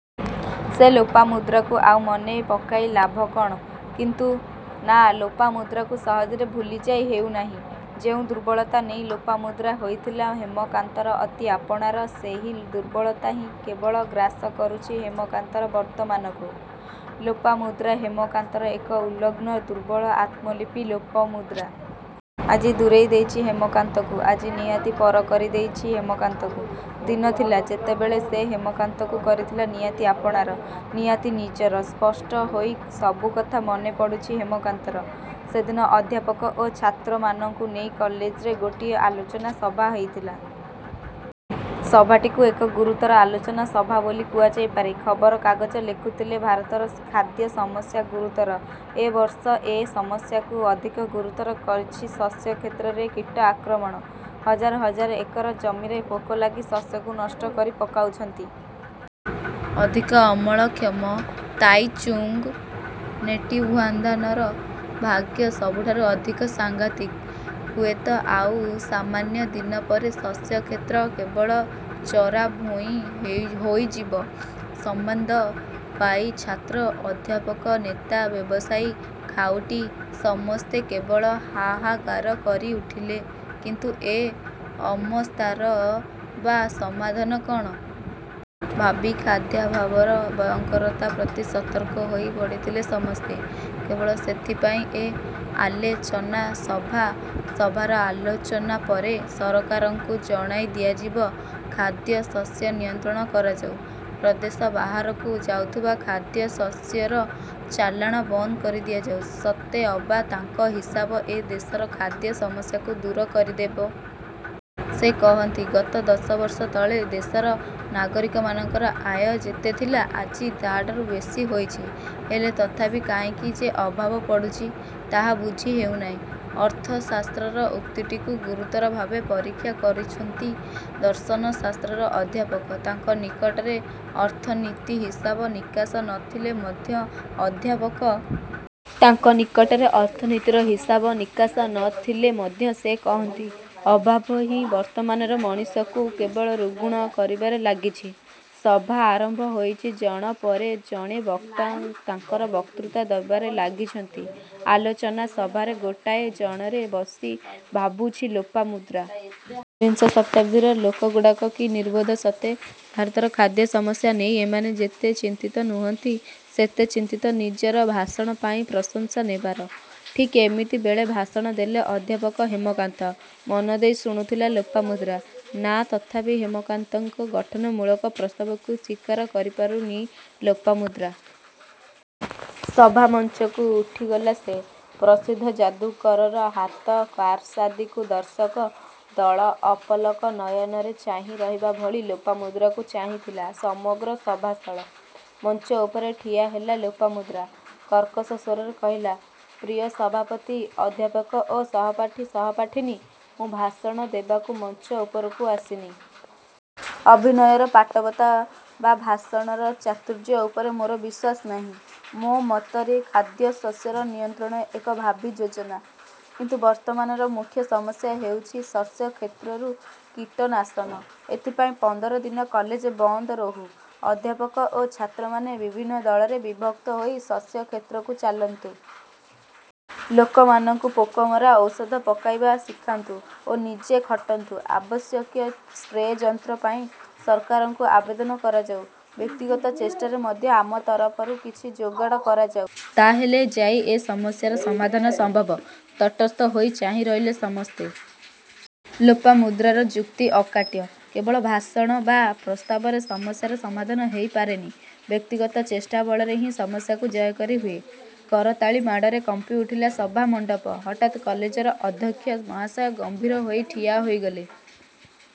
ସେ ଲୋପାମୁଦ୍ରାକୁ ଆଉ ମନେ ପକାଇ ଲାଭ କ'ଣ? କିନ୍ତୁ। ନାଁ ଲୋପାମୁଦ୍ରାକୁ ସହଜରେ ଭୁଲିଯାଇ ହେଉନାହିଁ। ଯେଉଁ ଦୁର୍ବଳତା ନେଇ ଲୋପାମୁଦ୍ରା ହୋଇଥିଲା ହେମକାନ୍ତର ଅତି ଆପଣାର-ସେହି ଦୁର୍ବଳତା ହିଁ କେବଳ ଗ୍ରାସ କରୁଛି ହେମକାନ୍ତର ବର୍ତ୍ତମାନକୁ। ଲୋପାମୁଦ୍ରା ହେମକାନ୍ତର ଏକ ଉଲଗ୍ନ ଦୁର୍ବଳ ଆତ୍ମଲିପି ଲୋପାମୁଦ୍ରା। ଆଜି ଦୂରେଇ ଦେଇଛି ହେମକାନ୍ତକୁ। ଆଜି ନିହାତି ପର କରି ଦେଇଛି ହେମକାନ୍ତକୁ। ଦିନ ଥିଲା-ଯେତେବେଳେ ସେ ହେମକାନ୍ତକୁ କରିଥିଲା ନିହାତି ଆପଣାର ନିହାତି ନିଜର। ସ୍ପଷ୍ଟ ହୋଇ ସବୁକଥା ମନେପଡ଼ୁଛି ହେମକାନ୍ତର। ସେଦିନ ଅଧ୍ୟାପକ ଓ ଛାତ୍ରମାନଙ୍କୁ ନେଇ କଲେଜରେ ଗୋଟିଏ ଆଲୋଚନା ସଭା ହୋଇଥିଲା। ସଭାଟିକୁ ଏକ ଗୁରୁତର ଆଲୋଚନା ସଭା ବୋଲି କୁହାଯାଇପାରେ। ଖବର କାଗଜ ଲେଖୁଥିଲେ-ଭାରତର ଖାଦ୍ୟ ସମସ୍ୟା ଗୁରୁତର। ଏ ବର୍ଷ ଏ ସମସ୍ୟାକୁ ଅଧିକ ଗୁରୁତର କରିଛି ଶସ୍ୟ କ୍ଷେତ୍ରରେ କୀଟ ଆକ୍ରମଣ। ହଜାର ହଜାର ଏକର ଜମିରେ ପୋକ ଲାଗି ଶସ୍ୟକୁ ନଷ୍ଟ କରି ପକାଉଛନ୍ତି। ଅଧିକ ଅମଳକ୍ଷମ ତାଇଚୁଙ୍ଗ୍ ନେଟିଭ୍ୱାନ୍ଧାନର ଭାଗ୍ୟ ସବୁଠାରୁ ଅଧିକ ସାଂଘାତିକ୍। ହୁଏତ ଆଉ ସାମାନ୍ୟ ଦିନ ପରେ ଶସ୍ୟକ୍ଷେତ୍ର କେବଳ ଚରାଭୂଇଁ ହୋଇଯିବ। ସମ୍ବାଦ ପାଇ ଛାତ୍ର, ଅଧ୍ୟାପକ, ନେତା, ବ୍ୟବସାୟୀ, ଖାଉଟୀ, ସମସ୍ତେ କେବଳ ହା-ହା-କାର କରି ଉଠିଲେ। କିନ୍ତୁ ଏ ଅମସ୍ଥାର ବା ସମାଧାନ କ'ଣ? ଭାବୀ ଖାଦ୍ୟାଭାବର ଭୟଙ୍କରତା ପ୍ରତି ସତର୍କ ହୋଇ ପଡ଼ିଥିଲେ ସମସ୍ତେ। କେବଳ ସେଇଥିପାଇଁ ଏ ଆଲେଚନା ସଭା-। ସଭାର ଆଲୋଚନା ପରେ ସରକାରଙ୍କୁ ଜଣାଇ ଦିଆଯିବ-ଖାଦ୍ୟଶସ୍ୟ ନିୟନ୍ତ୍ରଣ କରାଯାଉ। ପ୍ରଦେଶ ବାହାରକୁ ଯାଉଥିବା ଖାଦ୍ୟଶସ୍ୟର ଚାଲାଣ ବନ୍ଦ କରି ଦିଆଯାଉ। ସତେ ଅବା ତାଙ୍କ ହିସାବ ଏ ଦେଶର ଖାଦ୍ୟ ସମସ୍ୟାକୁ ଦୂର କରି ଦେବ। ସେ କହନ୍ତି ଗତ ଦଶ ବର୍ଷ ତଳେ ଦେଶର ନାଗରିକମାନଙ୍କ ଆୟ ଯେତେ ଥିଲା, ଆଜି ତାହାଠାରୁ ବେଶୀ ହୋଇଛି। ହେଲେ ତଥାପି କାହିଁକି ଯେ ଅଭାବ ପଡ଼ୁଛି-ତାହା ବୁଝି ହେଉନାହିଁ। ଅର୍ଥଶାସ୍ତ୍ରର ଉକ୍ତିଟିକୁ ଗୁରୁତର ଭାବେ ପରୀକ୍ଷା କରୁଛନ୍ତି ଦର୍ଶନ ଶାସ୍ତ୍ରର ଅଧ୍ୟାପକ। ତାଙ୍କ ନିକଟରେ ଅର୍ଥନୀତିୀ ହିସାବ ନିକାସ ନ ଥିଲେ ମଧ୍ୟ ଅଧ୍ୟାପକ। ତାଙ୍କ ନିକଟରେ ଅର୍ଥନୀତିର ହିସାବ ନିକାସ ନ ଥିଲେ ମଧ୍ୟ ସେ କହନ୍ତି ଅଭାବ ହିଁ ବର୍ତ୍ତମାନର ମଣିଷକୁ କେବଳ ରୁଗ୍ଣ କରିବାରେ ଲାଗିଛି। ସଭା ଆରମ୍ଭ ହୋଇଛି ଜଣ ପରେ ଜଣେ ବକ୍ତା ତାଙ୍କର ବକ୍ତୃତା ଦେବାରେ ଲାଗଛନ୍ତି ଆଲୋଚନା ସଭାର ଗୋଟାଏ ଜଣରେ ବସି ଭାବୁଛି ଲୋପାମୁଦ୍ରା। ''ବିଂଶ ଶତାବ୍ଦୀର ଲୋକଗୁଡ଼ାକ କି ନିର୍ବୋଧ ସତେ! ଭାରତର ଖାଦ୍ୟ ସମସ୍ୟା ନେଇ ଏମାନେ ଯେତେ ଚିନ୍ତିତ ନୁହଁନ୍ତି ସେତେ ଚିନ୍ତିତ ନିଜର ଭାଷଣ ପାଇଁ ପ୍ରଶଂସା ନେବାର। '' ଠିକ୍ ଏମିତିବେଳେ ଭାଷଣ ଦେଲେ ଅଧ୍ୟାପକ ହେମକାନ୍ତ। ମନ ଦେଇ ଶୁଣୁଥିଲା ଲୋପାମୁଦ୍ରା। ନାଁ ତଥାପି ହେମକାନ୍ତଙ୍କ ଗଠନମୂଳକ ପ୍ରସ୍ତାବକୁ ସ୍ୱୀକାର କରିପାରୁନି ଲୋପାମୁଦ୍ରା। ସଭାମଞ୍ଚକୁ ଉଠିଗଲା ସେ। ପ୍ରସିଦ୍ଧ ଯାଦୁକରର ହାତ କାରସାଦିକୁ ଦର୍ଶକ ଦଳ ଅପଲକ ନୟନରେ ଚାହିଁ ରହିବା ଭଳି ଲୋପାମୁଦ୍ରାକୁ ଚାହିଁଥିଲା ସମଗ୍ର ସଭାସ୍ଥଳ। ମଞ୍ଚଉପରେ ଠିଆ ହେଲା ଲୋପାମୁଦ୍ରା। କର୍କଶ ସ୍ୱରରେ କହିଲା-''ପ୍ରିୟ ସଭାପତି, ଅଧ୍ୟାପକ ଓ ସହପାଠୀ, ସହପାଠିନୀ। ମୁଁ ଭାଷଣ ଦେବାକୁ ମଞ୍ଚ ଉପରକୁ ଆସିନି। ଅଭିନୟର ପାଟବତା ବା ଭାଷଣର ଚାତୁର୍ଯ୍ୟ ଉପରେ ମୋର ବିଶ୍ୱାସ ନାହିଁ। ମୋ ମତରେ ଖାଦ୍ୟଶସ୍ୟର ନିୟନ୍ତ୍ରଣ ଏକ ଭାବୀ ଯୋଜନା। କିନ୍ତୁ ବର୍ତ୍ତମାନର ମୁଖ୍ୟ ସମସ୍ୟା ହେଉଛି ଶସ୍ୟକ୍ଷେତ୍ରରୁ କୀଟନାଶନ। ଏଥିପାଇଁ ପନ୍ଦର ଦିନ କଲେଜ ବନ୍ଦ ରହୁ। ଅଧ୍ୟାପକ ଓ ଛାତ୍ରମାନେ ବିଭିନ୍ନ ଦଳରେ ବିଭକ୍ତ ହୋଇ ଶସ୍ୟକ୍ଷେତ୍ରକୁ ଚାଲନ୍ତୁ। ଲୋକମାନଙ୍କୁ ପୋକମରା ଔଷଧ ପକାଇବା ଶିଖାନ୍ତୁ ଓ ନିଜେ ଖଟନ୍ତୁ। ଆବଶ୍ୟକୀୟ ସ୍ପ୍ରେ ଯନ୍ତ୍ରପାଇଁ ସରକାରଙ୍କୁ ଆବେଦନ କରାଯାଉ। ବ୍ୟକ୍ତିଗତ ଚେଷ୍ଟାରେ ମଧ୍ୟ ଆମ ତରଫରୁ କିଛି ଯୋଗାଡ଼ କରାଯାଉ। ତା' ହେଲେ ଯାଇ ଏ ସମସ୍ୟାର ସମାଧାନ ସମ୍ଭବ। '' ତଟସ୍ଥ ହୋଇ ଚାହିଁ ରହିଲେ ସମସ୍ତେ। ଲୋପାମୁଦ୍ରାର ଯୁକ୍ତି ଅକାଟ୍ୟ। କେବଳ ଭାଷଣ ବା ପ୍ରସ୍ତାବରେ ସମସ୍ୟାର ସମାଧାନ ହୋଇପାରେନି। ବ୍ୟକ୍ତିଗତ ଚେଷ୍ଟା ବଳରେ ହିଁ ସମସ୍ୟାକୁ ଜୟ କରି ହୁଏ। କରତାଳି ମାଡ଼ରେ କମ୍ପିଉଠିଲା ସଭା ମଣ୍ଡପ। ହଠାତ୍ କଲେଜର ଅଧ୍ୟକ୍ଷ ମହାଶୟ ଗମ୍ଭୀର ହୋଇ ଠିଆ ହୋଇଗଲେ।